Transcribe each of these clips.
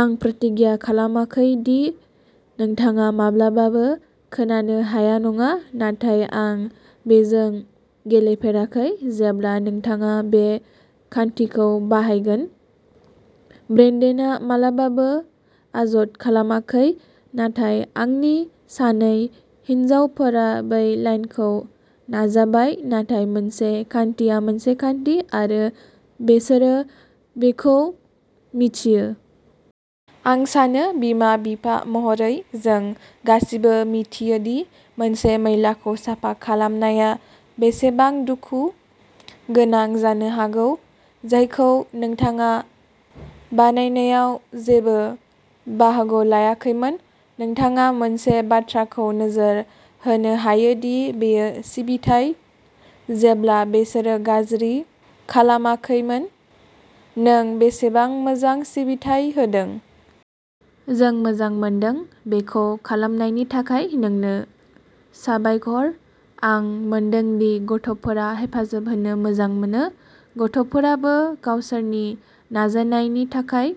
आं प्रतिज्ञा खालामाखै दि नोंथाङा माब्लाबाबो खोनानो हानाय नङा" नाथाय आं बेजों गेलेफेराखै! "जेब्ला नोंथाङा बे खान्थिखौ बाहायगोन। ब्रेडेनआ माब्लाबाबो अजद खालामाखै, नाथाय आंनि सानै हिनजावफोरा बै लाइनखौ नाजाबाय। नाथाय मोनसे खान्थिया मोनसे खान्थि, आरो बिसोरो बेखौ मिथियो। आं सानो बिमा-बिफा महरै जों गासैबो मिथियो दि मोनसे मैलाखौ साफा खालामनाया बेसेबां दुखु गोनां जानो हागौ, जायखौ नोंथाङा बानायनायाव जेबो बाहागो लायाखैमोन। नोंथाङा मोनसे बाथ्राखौ नोजोर होनो हायो दि बेयो सिबिथाइ, जेब्ला बिसोरो गाज्रि खालामाखैमोन," नों बेसेबां मोजां सिबिथाइ होदों? " जों मोजां मोनदों! बेखौ खालामनायनि थाखाय नोंनो साबायखर! "आं मोनदों दि गथ'फोरा हेफाजाब होनो मोजां मोनो। गथ'फोराबो गावसोरनि नाजानायनि थाखाय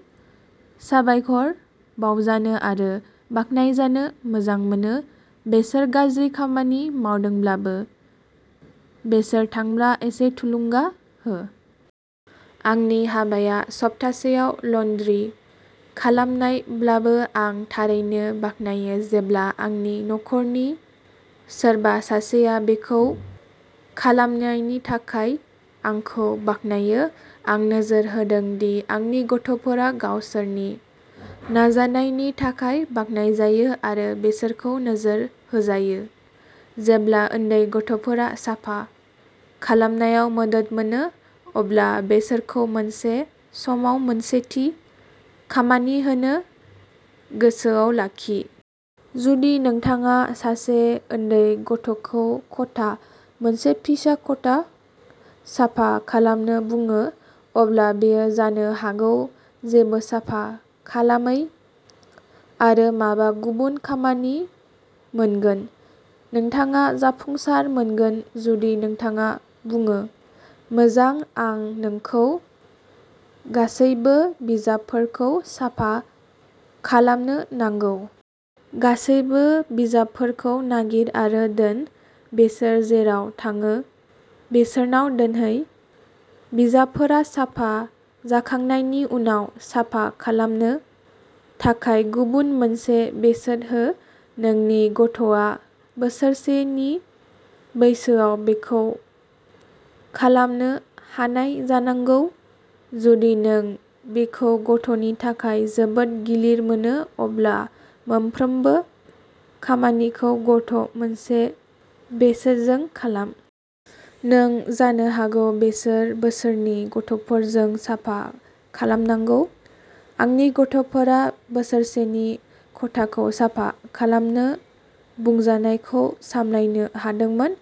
साबायखर बावजानो आरो बाख्नायजानो मोजां मोनो। बिसोर गाज्रि खामानि मावदोंमोनब्लाबो, बिसोर थांब्ला एसे थुलुंगा हो। आंनि हाबाया सप्तासेयाव लान्ड्रि खालामनायब्लाबो, आं थारैनो बाख्नायो जेब्ला आंनि नखरनि सोरबा सासेआ बेखौ खालामनायनि थाखाय आंखौ बाख्नायो। आं नोजोर होदों दि आंनि गथ'फोरा गावसोरनि नाजानायनि थाखाय बाख्नायजायो आरो बिसोरखौ नोजोर होजायो। जेब्ला उन्दै गथ'फोरा साफा खालामनायाव मदद मोनो, अब्ला बिसोरखौ मोनसे समाव मोनसे थि खामानि होनो गोसोआव लाखि। जुदि नोंथाङा सासे उन्दै गथ'खौ खथा, मोनसे फिसा खथा साफा खालामनो बुङो, अब्ला बियो जानो हागौ जेबो साफा खालामै आरो माबा गुबुन खामानि मोनगोन। नोंथाङा जाफुंसार मोनगोन जुदि नोंथाङा बुङो," मोजां, आं नोंखौ गासैबो बिजाबफोरखौ साफा खालामनो नांगौ। गासैबो बिजाबफोरखौ नागिर आरो दोन। बिसोर जेराव थाङो बिसोरनाव दोनहै। "बिजाबफोरा साफा जाखांनायनि उनाव, साफा खालामनो थाखाय गुबुन मोनसे बेसाद हो। नोंनि गथ'आ बोसोरसोनि बैसोआव बेखौ खालामनो हानाय जानांगौ। जुदि नों बेखौ गथ'नि थाखाय जोबोद गिलिर मोनो, अब्ला मोनफ्रोमबो खामानिखौ गथ'- मोनसे बेसादजों खालाम। नों जानो हागौ बोसोर बैसोनि गथ'फोरजों साफा खालामनांगौ। आंनि गथ'फोरा बोसोरसोनि खथाखौ साफा खालामनो बुंजानायखौ सामलायनो हादोंमोन।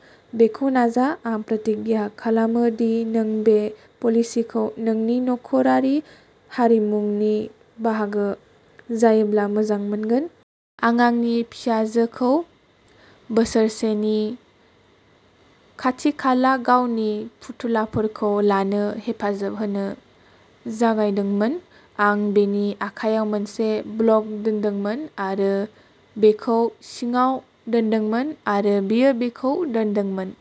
बेखौ नाजा! आं प्रतिज्ञा खालामो दि नों बे पलिसिखौ नोंनि नखरारि हारिमुनि बाहागो जायोब्ला मोजां मोनगोन। आं आंनि फिसाजोखौ बोसोरसेनि खाथिखाला गावनि फुथुलाफोरखौ लानो हेफाजाब होनो जागायदोंमोन। आं बिनि आखायाव मोनसे ब्लक दोनदोंमोन आरो बेखौ सिङाव दोनदोंमोन, आरो बियो बेखौ दोनदोंमोन।